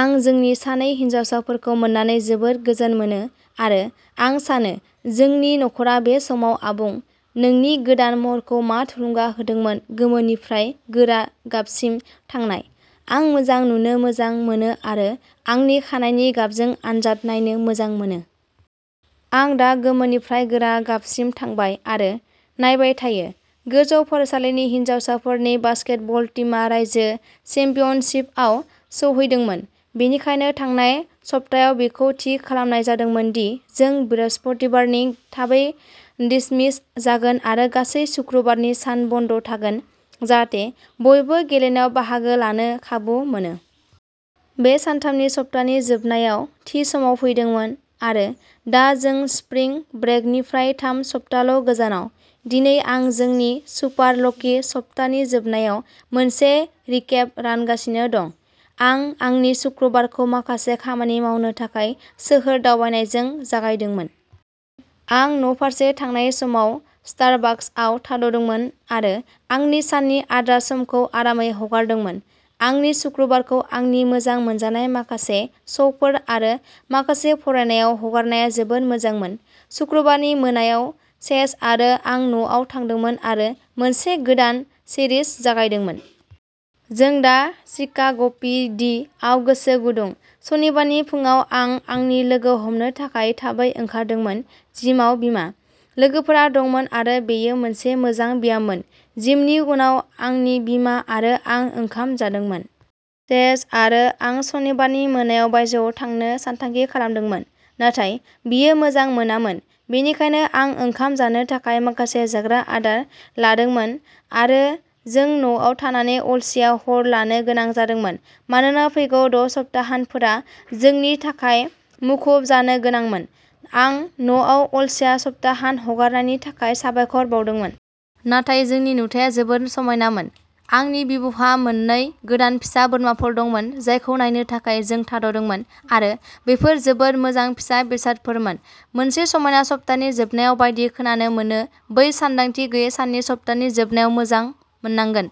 आं जोंनि सानै हिनजावफोरखौ मोननानै जोबोद गोजोन मोनो, आरो आं सानो जोंनि नखरा बे समाव आबुं। " नोंनि गोदान महरखौ मा थुलुंगा होदोंमोन-गोमोनिफ्राय गोरा गाबसिम थांनाय? "आं मोजां नुनो मोजां मोनो आरो आंनि खानाइनि गाबजों आनजाद नायनो मोजां मोनो। आं दा गोमोनिफ्राय गोरा गाबसिम थांबाय, आरो नायबाय थायो। गोजौ फरायसालिनि हिनजावसाफोरनि बास्केटबल टीमा रायजो चेम्पियनशिपआव सौहैदोंमोन, बेनिखायनो थांनाय सप्तायाव बेखौ थि खालामनाय जादोंमोन दि जों बृहस्पतिबारनि थाबै डिसमिस जागोन आरो गासै शुक्रबारनि सान बन्द थागोन, जाहाथे बयबो गेलेनायाव बाहागो लानो खाबु मोनो। बे सानथामनि सप्तानि जोबनायाव थि समाव फैदोंमोन, आरो दा जों स्प्रिं ब्रेकनिफ्राय थाम सप्ताल'गोजानाव! दिनै आं जोंनि सुपार ल'की सप्तानि जोबनायाव मोनसे रिकेप रानगासिनो दं। आं आंनि सुक्रुबारखौ माखासे खामानि मावनो थाखाय सोहोर दावबायनायजों जागायदोंमोन। आं न'फारसे थांनाय समाव स्टारबाकसआव थाद'दोंमोन आरो आंनि साननि आद्रा समखौ आरामै हगारदोंमोन। आंनि सुक्रुबारखौ आंनि मोजां मोनजानाय माखासे श'फोर आरो माखासे फरायनायाव हगारनाया जोबोद मोजांमोन। सुक्रुबारनि मोनायाव चेज आरो आं न'आव थादोंमोन आरो मोनसे गोदान सिरिज जागायदोंमोन। जों दा शिकाग'पि. डि. आव गोसो गुदुं। सनिबारनि फुंआव आं आंनि लोगो हमनो थाखाय थाबै ओंखारदोंमोन। जिमाव बिमा। लोगोफोरा दंमोन आरो बेयो मोनसे मोजां ब्याममोन। जिमनि उनाव आंनि बिमा आरो आं ओंखाम जादोंमोन। चेज आरो आं सनिबारनि मोनायाव बायजोआव थांनो सानथांखि खालामदोंमोन, नाथाय बियो मोजां मोनामोन, बेनिखायनो आं ओंखाम जानो थाखाय माखासे जाग्रा आदार लादोंमोन आरो जों न'आव थानानै अलसिया हर लानो गोनां जादोंमोन। मानोना फैगौ द'सप्ताहान्तफोरा जोंनि थाखाय मुखुब जानो गोनांमोन, आं न'आव अलसिया सप्ताहान्त हगारनायनि थाखाय साबायखर बावदोंमोन। नाथाय जोंनि नुथाया जोबोद समायनामोन! आंनि बिबौहा मोननै गोदान फिसा बोरमाफोर दंमोन जायखौ नायनो थाखाय जों थाद'दोंमोन। आरो बेफोर जोबोद मोजां फिसा बेसादफोरमोन। मोनसे समायना सप्तानि जोबनायाव बायदि खोनानो मोनो-बै सानदांथि गैयै साननि सप्तानि जोबनायाव मोजां मोननांगोन!